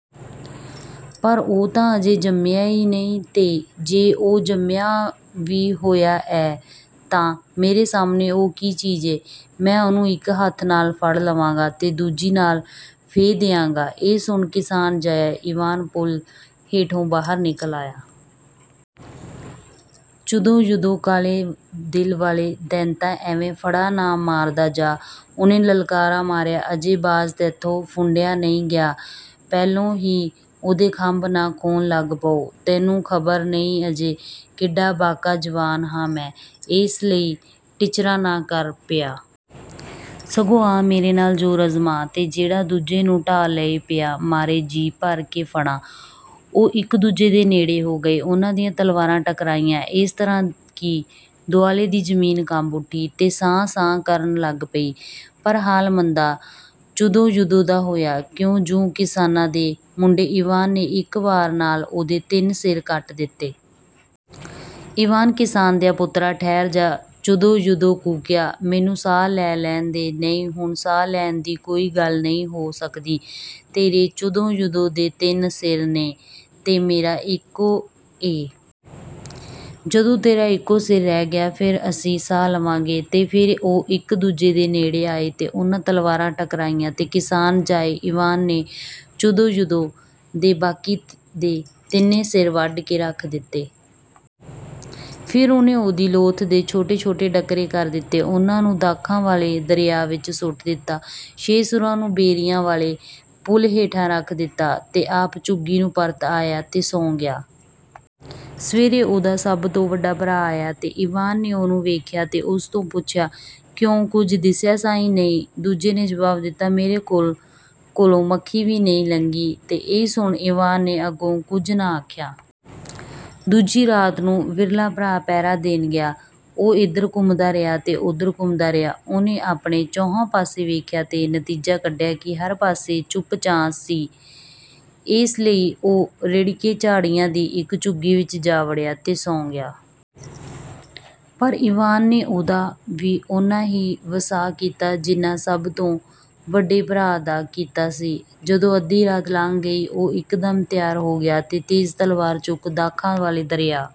"ਪਰ ਉਹ ਤਾਂ ਅਜੇ ਜੰਮਿਆ ਈ ਨਹੀਂ, ਤੇ ਜੇ ਉਹ ਜੰਮਿਆ ਵੀ ਹੋਇਐ, ਤਾਂ ਮੇਰੇ ਸਾਹਮਣੇ ਉਹ ਕੀ ਚੀਜ਼ ਏ? ਮੈਂ ਉਹਨੂੰ ਇੱਕ ਹੱਥ ਨਾਲ ਫੜ ਲਵਾਂਗਾ ਤੇ ਦੂਜੇ ਨਾਲ ਫੇਹ ਦਿਆਂਗਾ।" ਇਹ ਸੁਣ ਕਿਸਾਨ-ਜਾਇਆ ਈਵਾਨ ਪੁਲ ਹੇਠੋਂ ਬਾਹਰ ਨਿਕਲ ਆਇਆ। "ਚੁਦੋ-ਯੁਦੋ, ਕਾਲੇ ਦਿਲ ਵਾਲੇ ਦੈਂਤਾ, ਐਵੇਂ ਫੜਾਂ ਨਾ ਮਾਰਦਾ ਜਾ!" ਉਹਨੇ ਲਲਕਾਰਾ ਮਾਰਿਆ। "ਅਜੇ ਬਾਜ਼ ਤੇਥੋਂ ਫੁੰਡਿਆ ਨਹੀਂ ਗਿਆ, ਪਹਿਲੋਂ ਹੀ ਓਹਦੇ ਖੰਭ ਨਾ ਖੋਹਣ ਲੱਗ ਪਓ! ਤੈਨੂੰ ਖ਼ਬਰ ਨਹੀਂ ਅਜੇ, ਕਿੱਡਾ ਬਾਂਕਾ ਜਵਾਨ ਹਾਂ ਮੈਂ, ਏਸ ਲਈ ਟਿੱਚਰਾਂ ਨਾ ਕਰ ਪਿਆ! ਸਗੋਂ ਆ, ਮੇਰੇ ਨਾਲ ਜ਼ੋਰ ਅਜ਼ਮਾ, ਤੇ ਜਿਹੜਾ ਦੂਜੇ ਨੂੰ ਢਾਹ ਲਏ, ਪਿਆ ਮਾਰੇ ਜੀ ਭਰ ਕੇ ਫੜਾਂ।" ਉਹ ਇੱਕ ਦੂਜੇ ਦੇ ਨੇੜੇ ਹੋ ਗਏ, ਉਹਨਾਂ ਦੀਆਂ ਤਲਵਾਰਾਂ ਟਕਰਾਈਆਂ, ਏਸ ਤਰ੍ਹਾਂ ਕਿ ਦੁਆਲੇ ਦੀ ਜ਼ਮੀਨ ਕੰਬ ਉੱਠੀ ਤੇ ਸਾਂ-ਸਾਂ ਕਰਨ ਲੱਗ ਪਈ, ਪਰ ਹਾਲ ਮੰਦਾ ਚੁਦੋ-ਯੁਦੋ ਦਾ ਹੋਇਆ, ਕਿਉਂ ਜੁ ਕਿਸਾਨਾਂ ਦੇ ਮੁੰਡੇ ਈਵਾਨ ਨੇ ਇੱਕ ਵਾਰ ਨਾਲ ਉਹਦੇ ਤਿੰਨ ਸਿਰ ਕੱਟ ਦਿੱਤੇ। "ਈਵਾਨ, ਕਿਸਾਨ ਦਿਆ ਪੁੱਤਰਾ, ਠਹਿਰ ਜਾ!" ਚੁਦੋ-ਯੁਦੋ ਕੂਕਿਆ। "ਮੈਨੂੰ ਸਾਹ ਲੈ ਲੈਣ ਦੇ!" "ਨਹੀਂ, ਹੁਣ ਸਾਹ ਲੈਣ ਦੀ ਕੋਈ ਗੱਲ ਨਹੀਂ ਹੋ ਸਕਦੀ। ਤੇਰੇ, ਚੁਦੋ-ਯੁਦੋ ਦੇ, ਤਿੰਨ ਸਿਰ ਨੇ ਤੇ ਮੇਰਾ ਇੱਕੋ ਏ। ਜਦੋਂ ਤੇਰਾ ਇੱਕੋ ਸਿਰ ਰਹਿ ਗਿਆ, ਫੇਰ ਅਸੀਂ ਸਾਹ ਲਵਾਂਗੇ।" ਤੇ ਫੇਰ ਉਹ ਇੱਕ ਦੂਜੇ ਦੇ ਨੇੜੇ ਆਏ ਤੇ ਉਹਨਾਂ ਤਲਵਾਰਾਂ ਟਕਰਾਈਆਂ, ਤੇ ਕਿਸਾਨ-ਜਾਏ ਈਵਾਨ ਨੇ ਚੁਦੋ-ਯੁਦੋ ਦੇ ਬਾਕੀ ਦੇ ਤਿੰਨੇ ਸਿਰ ਵੱਢ ਕੇ ਰੱਖ ਦਿੱਤੇ। ਫੇਰ ਉਹਨੇ ਉਹਦੀ ਲੋਥ ਦੇ ਛੋਟੇ-ਛੋਟੇ ਡਕਰੇ ਕਰ ਦਿੱਤੇ, ਉਹਨਾਂ ਨੂੰ ਦਾਖਾਂ ਵਾਲੇ ਦਰਿਆ ਵਿੱਚ ਸੁੱਟ ਦਿੱਤਾ, ਛੇ ਸਿਰਾਂ ਨੂੰ ਬੇਰੀਆਂ ਵਾਲੇ ਪੁਲ ਹੇਠਾਂ ਰੱਖ ਦਿੱਤਾ ਤੇ ਆਪ ਝੁੱਗੀ ਨੂੰ ਪਰਤ ਆਇਆ ਤੇ ਸੌਂ ਗਿਆ। ਸਵੇਰੇ, ਉਹਦਾ ਸਭ ਤੋਂ ਵੱਡਾ ਭਰਾ ਆਇਆ, ਤੇ ਈਵਾਨ ਨੇ ਉਹਨੂੰ ਵੇਖਿਆ ਤੇ ਉਸ ਤੋਂ ਪੁੱਛਿਆ: "ਕਿਉਂ, ਕੁਝ ਦਿਸਿਆ ਸਾਈ?" "ਨਹੀਂ," ਦੂਜੇ ਨੇ ਜਵਾਬ ਦਿੱਤਾ, "ਮੇਰੇ ਕੋਲੋਂ ਮੱਖੀ ਵੀ ਨਹੀਂ ਲੰਘੀ।" ਤੇ ਇਹ ਸੁਣ ਈਵਾਨ ਨੇ ਅਗੋਂ ਕੁਝ ਨਾ ਆਖਿਆ। ਦੂਜੀ ਰਾਤ ਨੂੰ ਵਿਚਲਾ ਭਰਾ ਪਹਿਰਾ ਦੇਣ ਗਿਆ। ਉਹ ਏਧਰ ਘੁੰਮਦਾ ਰਿਹਾ ਤੇ ਓਧਰ ਘੁੰਮਦਾ ਰਿਹਾ, ਉਹਨੇ ਆਪਣੇ ਚੌਹਾਂ ਪਾਸੇ ਵੇਖਿਆ ਤੇ ਨਤੀਜਾ ਕੱਢਿਆ ਕਿ ਹਰ ਪਾਸੇ ਚੁੱਪ-ਚਾਂ ਸੀ। ਏਸ ਲਈ ਉਹ ਰਿੜਕੇ ਝਾੜੀਆਂ ਦੀ ਇੱਕ ਝੁੰਗੀ ਵਿੱਚ ਜਾ ਵੜਿਆ, ਤੇ ਸੌਂ ਗਿਆ। ਪਰ ਈਵਾਨ ਨੇ ਉਹਦਾ ਵੀ ਓਨਾ ਹੀ ਵਸਾਹ ਕੀਤਾ, ਜਿੰਨਾ ਸਭ ਤੋਂ ਵੱਡੇ ਭਰਾ ਦਾ ਕੀਤਾ ਸੀ। ਜਦੋਂ ਅੱਧੀ ਰਾਤ ਲੰਘ ਗਈ, ਉਹ ਇਕਦਮ ਤਿਆਰ ਹੋ ਗਿਆ, ਤੇ ਤੇਜ਼ ਤਲਵਾਰ ਚੁੱਕ ਦਾਖਾਂ ਵਾਲੇ ਦਰਿਆ